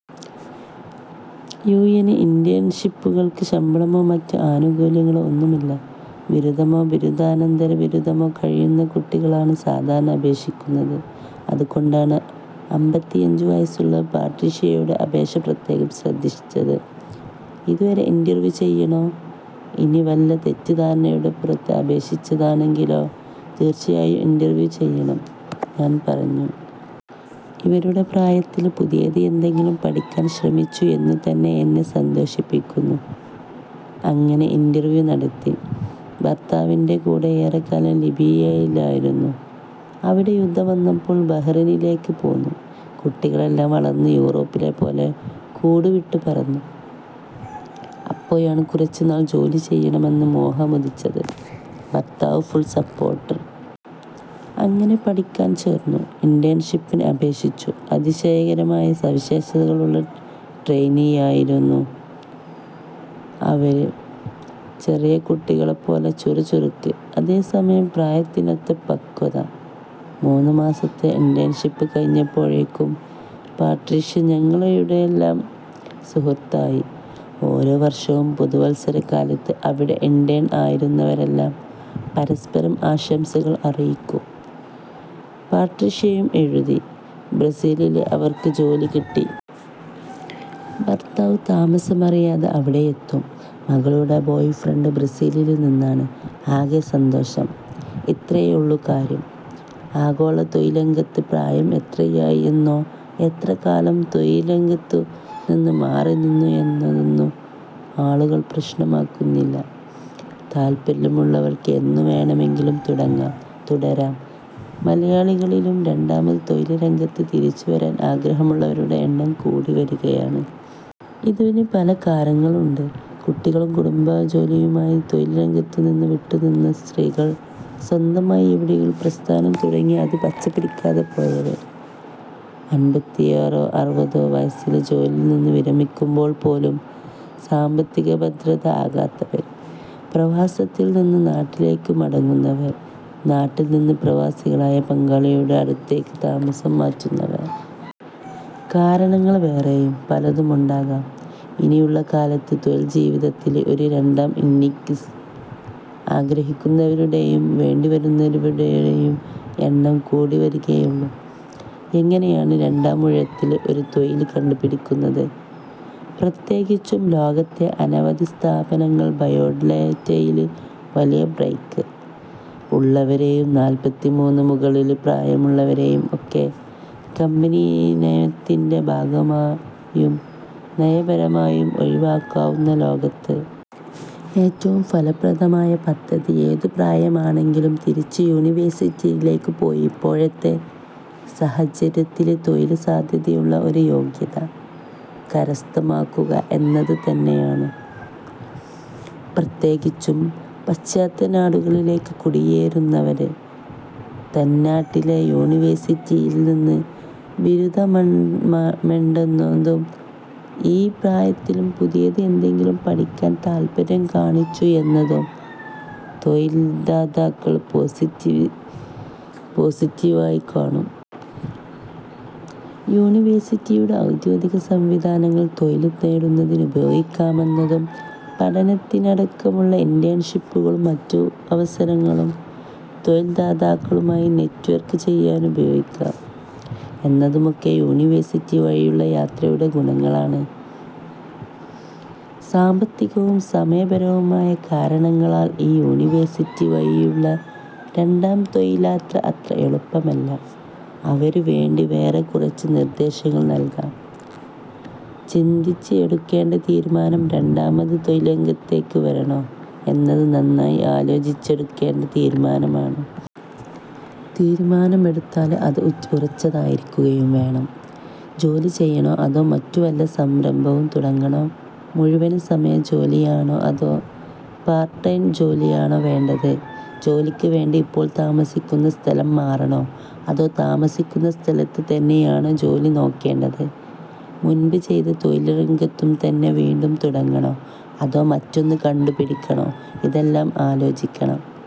UN ഇന്റേണ്ഷിപ്പുകള്ക്ക് ശമ്പളമോ മറ്റ് ആനുകൂല്യങ്ങളോ ഒന്നുമില്ല. ബിരുദമോ ബിരുദാനന്തര ബിരുദമോ കഴിയുന്ന കുട്ടികളാണ് സാധാരണ അപേക്ഷിക്കുന്നത്. അതുകൊണ്ടാണ് അമ്പത്തിയഞ്ചു വയസ്സുള്ള പട്രീഷ്യയുടെ അപേക്ഷ പ്രത്യേകം ശ്രദ്ധിച്ചത്. 'ഇവരെ ഇന്റര്വ്യൂ ചെയ്യണോ. ഇനി വല്ല തെറ്റിദ്ധാരണയുടെയും പുറത്ത് അപേക്ഷിച്ചതാണെങ്കിലോ. ' 'തീര്ച്ചയായും ഇന്റര്വ്യൂ ചെയ്യണം'ഞാന് പറഞ്ഞു. ഇവരുടെ പ്രായത്തില് പുതിയത് എന്തെങ്കിലും പഠിക്കാന് ശ്രമിച്ചു എന്നതുതന്നെ എന്നെ സന്തോഷിപ്പിക്കുന്നു. അങ്ങനെ ഇന്റര്വ്യൂ നടത്തി. ഭര്ത്താവിന്റെ കൂടെ ഏറെക്കാലം ലിബിയയിലായിരുന്നു. അവിടെ യുദ്ധം വന്നപ്പോള് ബഹറിനിലേക്ക് പോന്നു. കുട്ടികളെല്ലാം വളര്ന്ന് യൂറോപ്പിലെ പോലെ കൂടുവിട്ട് പറന്നു. അപ്പോഴാണ് കുറച്ചുനാള് ജോലിചെയ്യണമെന്ന മോഹമുദിച്ചത്. ഭര്ത്താവ് ഫുള് സപ്പോര്ട്ട്. അങ്ങനെ പഠിക്കാന് ചേര്ന്നു, ഇന്റേണ്ഷിപ്പിന് അപേക്ഷിച്ചു. അതിശയകരമായ സവിശേഷതകളുള്ള ട്രെയിനിയായിരുന്നു അവര്. ചെറിയ കുട്ടികളെപ്പോലെ ചുറുചുറുക്ക്, അതേസമയം പ്രായത്തിനൊത്ത പക്വത. മൂന്നുമാസത്തെ ഇന്റേണ്ഷിപ്പ് കഴിഞ്ഞപ്പോഴേക്കും പട്രീഷ്യ ഞങ്ങളുടെയെല്ലാം സുഹൃത്തായി. ഓരോ വര്ഷവും പുതുവത്സരകാലത്ത് അവിടെ ഇന്റേണ് ആയിരുന്നവരെല്ലാം പരസ്പരം ആശംസകള് അറിയിക്കും. പട്രീഷ്യയും എഴുതി, ബ്രസീലില് അവര്ക്ക് ജോലി കിട്ടി. ഭര്ത്താവ് താമസിയാതെ അവിടെയെത്തും. മകളുടെ ബോയ്ഫ്രണ്ടും ബ്രസീലില് നിന്നാണ്, ആകെ സന്തോഷം. ഇത്രയേ ഉള്ളു കാര്യം. ആഗോള തൊഴില്രംഗത്ത് പ്രായം എത്രയായി എന്നോ എത്രകാലം തൊഴില്രംഗത്തു നിന്ന് മാറിനിന്നു എന്നതോ ഒന്നും ആളുകള് പ്രശ്നമാക്കുന്നില്ല. താല്പര്യമുള്ളവര്ക്ക് എന്നുവേണമെങ്കിലും തുടങ്ങാം, തുടരാം. മലയാളികളിലും രണ്ടാമത് തൊഴില് രംഗത്തേക്ക് തിരിച്ചുവരാന് ആഗ്രഹമുള്ളവരുടെ എണ്ണം കൂടിവരികയാണ്. ഇതിന് പല കാരണങ്ങളുണ്ട്.. കുട്ടികളും കുടുംബജോലിയുമായി തൊഴില്രംഗത്തുനിന്ന് വിട്ടുനിന്ന സ്ത്രീകള്.. സ്വന്തമായി എന്തെങ്കിലും പ്രസ്ഥാനം തുടങ്ങി അത് പച്ചപിടിക്കാതെ പോയവര്.. അന്പത്തിയാറോ അറുപതോ വയസ്സില് ജോലിയില് നിന്ന് വിരമിക്കുമ്പോള് പോലും സാമ്പത്തികഭദ്രത ആകാത്തവര്.. പ്രവാസത്തില് നിന്ന് നാട്ടിലേക്ക് മടങ്ങുന്നവര്.. നാട്ടില് നിന്ന് പ്രവാസികളായ പങ്കാളികളുടെ അടുത്തേക്ക് താമസം മാറ്റുന്നവര്. കാരണങ്ങള് വേറെയും പലതുമുണ്ടാകാം. ഇനിയുള്ള കാലത്ത് തൊഴില്ജീവിതത്തില് ഒരു രണ്ടാം ഇന്നിംഗ്സ് ആഗ്രഹിക്കുന്നവരുടെയും വേണ്ടിവരുന്നവരുടെയും എണ്ണം കൂടിവരികയേയുള്ളു. എങ്ങനെയാണ് രണ്ടാമൂഴത്തില് ഒരു തൊഴില് കണ്ടുപിടിക്കുന്നത്. പ്രത്യേകിച്ചും ലോകത്തെ അനവധി സ്ഥാപനങ്ങള് ബയോഡേറ്റയില് വലിയ ബ്രേക്ക് ഉള്ളവരെയും, നാല്പതിനു മുകളില് പ്രായമുള്ളവരെയും ഒക്കെ കമ്പനിനയത്തിന്റെ ഭാഗമായും നയപരമായും ഒഴിവാക്കാവുന്ന ലോകത്ത്. ഏറ്റവും ഫലപ്രദമായ പദ്ധതി ഏതു പ്രായമാണെങ്കിലും തിരിച്ച് യൂണിവേഴ്സിറ്റിയിലേക്ക് പോയി ഇപ്പോഴത്തെ സാഹചര്യത്തില് തൊഴില് സാധ്യതയുള്ള ഒരു യോഗ്യത കരസ്ഥമാക്കുക എന്നത് തന്നെയാണ്. പ്രത്യേകിച്ചും പാശ്ചാത്യനാടുകളിലേക്ക് കുടിയേറുന്നവര്. തന്നാട്ടിലെ യൂണിവേഴ്സിറ്റിയില് നിന്ന് ബിരുദമെണ്ടെന്നതും ഈ പ്രായത്തിലും പുതിയത് എന്തെങ്കിലും പഠിക്കാന് താല്പര്യം കാണിച്ചു എന്നതും തൊഴില്ദാതാക്കള് പോസിറ്റിവായി കാണും. യൂണിവേഴ്സിറ്റിയുടെ ഔദ്യോഗിക സംവിധാനങ്ങള് തൊഴില് തേടുന്നതിന് ഉപയോഗിക്കാമെന്നതും, പഠനത്തിനിടക്കുള്ള ഇന്റേണ്ഷിപ്പും മറ്റവസരങ്ങളും തൊഴില്ദാതാക്കളുമായി നെറ്റ്വര്ക്ക് ചെയ്യാനുപയോഗിക്കാം എന്നതുമൊക്കെ യൂണിവേഴ്സിറ്റി വഴിയുള്ള യാത്രയുടെ ഗുണങ്ങളാണ്. സാമ്പത്തികവും സമയപരവുമായ കാരണങ്ങളാല് ഈ യൂണിവേഴ്സിറ്റി വഴിയുള്ള രണ്ടാം തൊഴില്യാത്ര അത്ര എളുപ്പമല്ല. അവര്ക്ക് വേണ്ടി വേറെ കുറച്ച് നിര്ദ്ദേശങ്ങള് നല്കാം. ചിന്തിച്ച് എടുക്കേണ്ട തീരുമാനം രണ്ടാമത് തൊഴില്രംഗത്തേക്ക് വരണോ എന്നത് നന്നായി ആലോചിച്ചെടുക്കേണ്ട തീരുമാനമാണ്. തീരുമാനമെടുത്താല് അത് ഉറച്ചതായിരിക്കുകയും വേണം. ജോലി ചെയ്യണോ, അതോ മറ്റു വല്ല സംരംഭവും തുടങ്ങണോ, മുഴുവന് സമയ ജോലിയാണോ അതോ പാര്ട്ട് ടൈം ജോലിയാണോ വേണ്ടത്, ജോലിക്കു വേണ്ടി ഇപ്പോള് താമസിക്കുന്ന സ്ഥലം മാറണോ അതോ താമസിക്കുന്ന സ്ഥലത്തു തന്നെയാണോ ജോലി നോക്കേണ്ടത്, മുന്പ് ചെയ്ത തൊഴില്രംഗത്തു തന്നെ വീണ്ടും തുടങ്ങണോ, അതോ മറ്റൊന്ന് കണ്ടുപിടിക്കണോ ഇതെല്ലാം ആലോചിക്കണം.